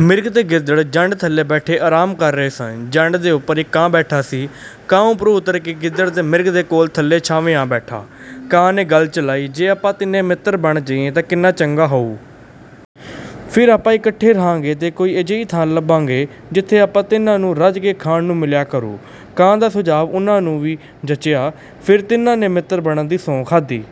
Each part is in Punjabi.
ਮਿਰਗ ਤੇ ਗਿੱਦੜ ਜੰਡ ਥੱਲੇ ਬੈਠੇ ਆਰਾਮ ਕਰ ਰਹੇ ਸਨ। ਜੰਡ ਦੇ ਉੱਪਰ ਇੱਕ ਕਾਂ ਬੈਠਾ ਸੀ। ਕਾਂ ਉੱਪਰੋਂ ਉੱਤਰ ਕੇ ਗਿੱਦੜ ਤੇ ਮਿਰਗ ਕੋਲ ਥੱਲੇ ਛਾਵੇਂ ਆ ਬੈਠਾ। ਕਾਂ ਨੇ ਗੱਲ ਚਲਾਈ, ''ਜੇ ਆਪਾਂ ਤਿੰਨੇ ਮਿੱਤਰ ਬਣ ਜਾਈਏ ਤਾਂ ਕਿੰਨਾ ਚੰਗਾ ਹੋਊ। ਫਿਰ ਆਪਾਂ ਇਕੱਠੇ ਰਹਾਂਗੇ ਤੇ ਕੋਈ ਅਜਿਹੀ ਥਾਂ ਲੱਭਾਂਗੇ, ਜਿੱਥੇ ਆਪਾਂ ਤਿੰਨਾਂ ਨੂੰ ਰੱਜ ਕੇ ਖਾਣ ਨੂੰ ਮਿਲਿਆ ਕਰੂ।'' ਕਾਂ ਦਾ ਸੁਝਾਅ ਉਨ੍ਹਾਂ ਨੂੰ ਵੀ ਜਚਿਆ। ਫਿਰ ਤਿੰਨਾਂ ਨੇ ਮਿੱਤਰ ਬਣਨ ਦੀ ਸਹੁੰ ਖਾਧੀ।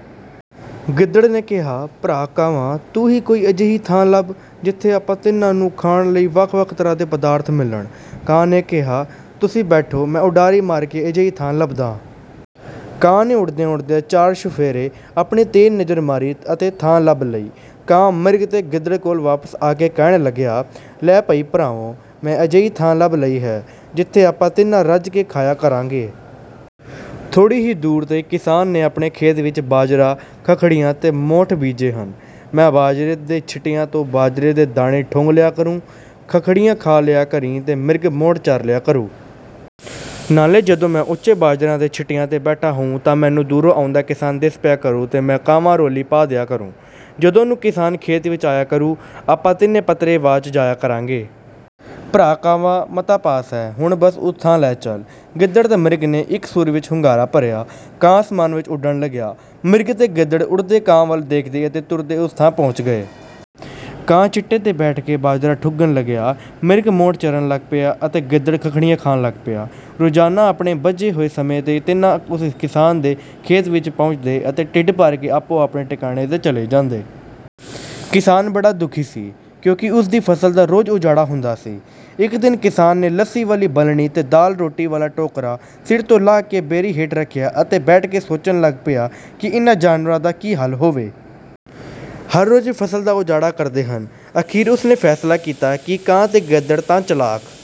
ਗਿੱਦੜ ਨੇ ਕਿਹਾ, ''ਭਰਾ ਕਾਵਾਂ, ਤੂੰ ਹੀ ਕੋਈ ਅਜਿਹੀ ਥਾਂ ਲੱਭ, ਜਿੱਥੇ ਆਪਾਂ ਤਿੰਨਾਂ ਨੂੰ ਖਾਣ ਲਈ ਵੱਖ-ਵੱਖ ਤਰ੍ਹਾਂ ਦੇ ਪਦਾਰਥ ਮਿਲਣ।'' ਕਾਂ ਨੇ ਕਿਹਾ, ''ਤੁਸੀਂ ਬੈਠੋ, ਮੈਂ ਉਡਾਰੀ ਮਾਰ ਕੇ ਅਜਿਹੀ ਥਾਂ ਲੱਭਦਾਂ।'' ਕਾਂ ਨੇ ਉੱਡਦਿਆਂ-ਉੱਡਦਿਆਂ ਚਾਰ-ਚੁਫੇਰੇ ਆਪਣੀ ਤੇਜ਼ ਨਜ਼ਰ ਮਾਰੀ ਅਤੇ ਥਾਂ ਲੱਭ ਲਈ। ਕਾਂ, ਮਿਰਗ ਤੇ ਗਿੱਦੜ ਕੋਲ ਵਾਪਸ ਆ ਕੇ ਕਹਿਣ ਲੱਗਿਆ, ''ਲੈ ਬਈ ਭਰਾਵੋਂ! ਮੈਂ ਅਜਿਹੀ ਥਾਂ ਲੱਭ ਲਈ ਹੈ, ਜਿੱਥੇ ਆਪਾਂ ਤਿੰਨਾ ਰੱਜ ਕੇ ਖਾਇਆ ਕਰਾਂਗੇ। ਥੋੜ੍ਹੀ ਹੀ ਦੂਰੀ 'ਤੇ ਇੱਕ ਕਿਸਾਨ ਨੇ ਆਪਣੇ ਖੇਤ ਵਿੱਚ ਬਾਜਰਾ, ਖੱਖੜੀਆਂ ਤੇ ਮੋਠ ਬੀਜੇ ਹਨ। ਮੈਂ ਬਾਜਰੇ ਦੇ ਛਿੱਟਿਆਂ ਤੋਂ ਬਾਜਰੇ ਦੇ ਦਾਣੇ ਠੁੰਗ ਲਿਆ ਕਰੂੰ, ਖੱਖੜੀਆਂ ਖਾ ਲਿਆ ਕਰੀਂ ਤੇ ਮਿਰਗ ਮੋਠ ਚਰ ਲਿਆ ਕਰੂ। ਨਾਲੇ ਜਦੋਂ ਮੈਂ ਉੱਚੇ ਬਾਜਰੇ ਦੇ ਛਿੱਟਿਆਂ 'ਤੇ ਬੈਠਾ ਹੋਊਂ ਤਾਂ ਮੈਨੂੰ ਦੂਰੋਂ ਆਉਂਦਾ ਕਿਸਾਨ ਦਿਸ ਪਿਆ ਕਰੂ ਤੇ ਮੈਂ ਕਾਵਾਂ-ਰੌਲੀ ਪਾ ਦਿਆਂ ਕਰੂੰ। ਜਦੋਂ ਨੂੰ ਕਿਸਾਨ ਖੇਤ ਵਿੱਚ ਆਇਆ ਕਰੂ, ਆਪਾਂ ਤਿੰਨੇ ਪੱਤਰੇ ਵਾਚ ਜਾਇਆ ਕਰਾਂਗੇ।" ''ਭਰਾ ਕਾਵਾਂ, ਮਤਾ ਪਾਸ ਹੈ, ਹੁਣ ਬਸ ਉਸ ਥਾਂ ਲੈ ਚੱਲ।'' ਗਿੱਦੜ ਤੇ ਮਿਰਗ ਨੇ ਇੱਕ ਸੁਰ ਵਿੱਚ ਹੁੰਗਾਰਾ ਭਰਿਆ। ਕਾਂ ਅਸਮਾਨ ਵਿੱਚ ਉੱਡਣ ਲੱਗਾ। ਮਿਰਗ ਤੇ ਗਿੱਦੜ ਉੱਡਦੇ ਕਾਂ ਵੱਲ ਦੇਖਦੇ ਅਤੇ ਤੁਰਦੇ ਉਸ ਥਾਂ ਪਹੁੰਚ ਗਏ। ਕਾਂ ਛਿੱਟੇ 'ਤੇ ਬੈਠ ਕੇ ਬਾਜਰਾ ਠੁੰਗਣ ਲੱਗ ਪਿਆ, ਮਿਰਗ ਮੋਠ ਚਰਨ ਲੱਗ ਪਿਆ ਅਤੇ ਗਿੱਦੜ ਖੱਖੜੀਆਂ ਖਾਣ ਲੱਗ ਪਿਆ। ਰੋਜ਼ਾਨਾ ਆਪਣੇ ਬੱਝੇ ਹੋਏ ਸਮੇਂ 'ਤੇ ਤਿੰਨੇ ਉਸ ਕਿਸਾਨ ਦੇ ਖੇਤ ਵਿੱਚ ਪਹੁੰਚਦੇ ਅਤੇ ਢਿੱਡ ਭਰ ਕੇ ਆਪੋ-ਆਪਣੇ ਟਿਕਾਣੇ 'ਤੇ ਚਲੇ ਜਾਂਦੇ। ਕਿਸਾਨ ਬੜਾ ਦੁਖੀ ਸੀ, ਕਿਉਂਕਿ ਉਸ ਦੀ ਫ਼ਸਲ ਦਾ ਰੋਜ਼ ਉਜਾੜਾ ਹੁੰਦਾ ਸੀ। ਇੱਕ ਦਿਨ ਕਿਸਾਨ ਨੇ ਲੱਸੀ ਵਾਲੀ ਬਲਣੀ ਤੇ ਦਾਲ-ਰੋਟੀ ਵਾਲਾ ਟੋਕਰਾ ਸਿਰ ਤੋਂ ਲਾਹ ਕੇ ਬੇਰੀ ਹੇਠ ਰੱਖਿਆ ਅਤੇ ਬੈਠ ਕੇ ਸੋਚਣ ਲੱਗ ਪਿਆ ਕਿ ਇਨ੍ਹਾਂ ਜਾਨਵਰਾਂ ਦਾ ਕੀ ਹੱਲ ਹੋਵੇ? ਹਰ ਰੋਜ਼ ਫ਼ਸਲ ਦਾ ਉਜਾੜਾ ਕਰਦੇ ਹਨ। ਅਖੀਰ ਉਸ ਨੇ ਫ਼ੈਸਲਾ ਕੀਤਾ ਕਿ ਕਾਂ ਤੇ ਗਿੱਦੜ ਤਾਂ ਚਲਾਕ...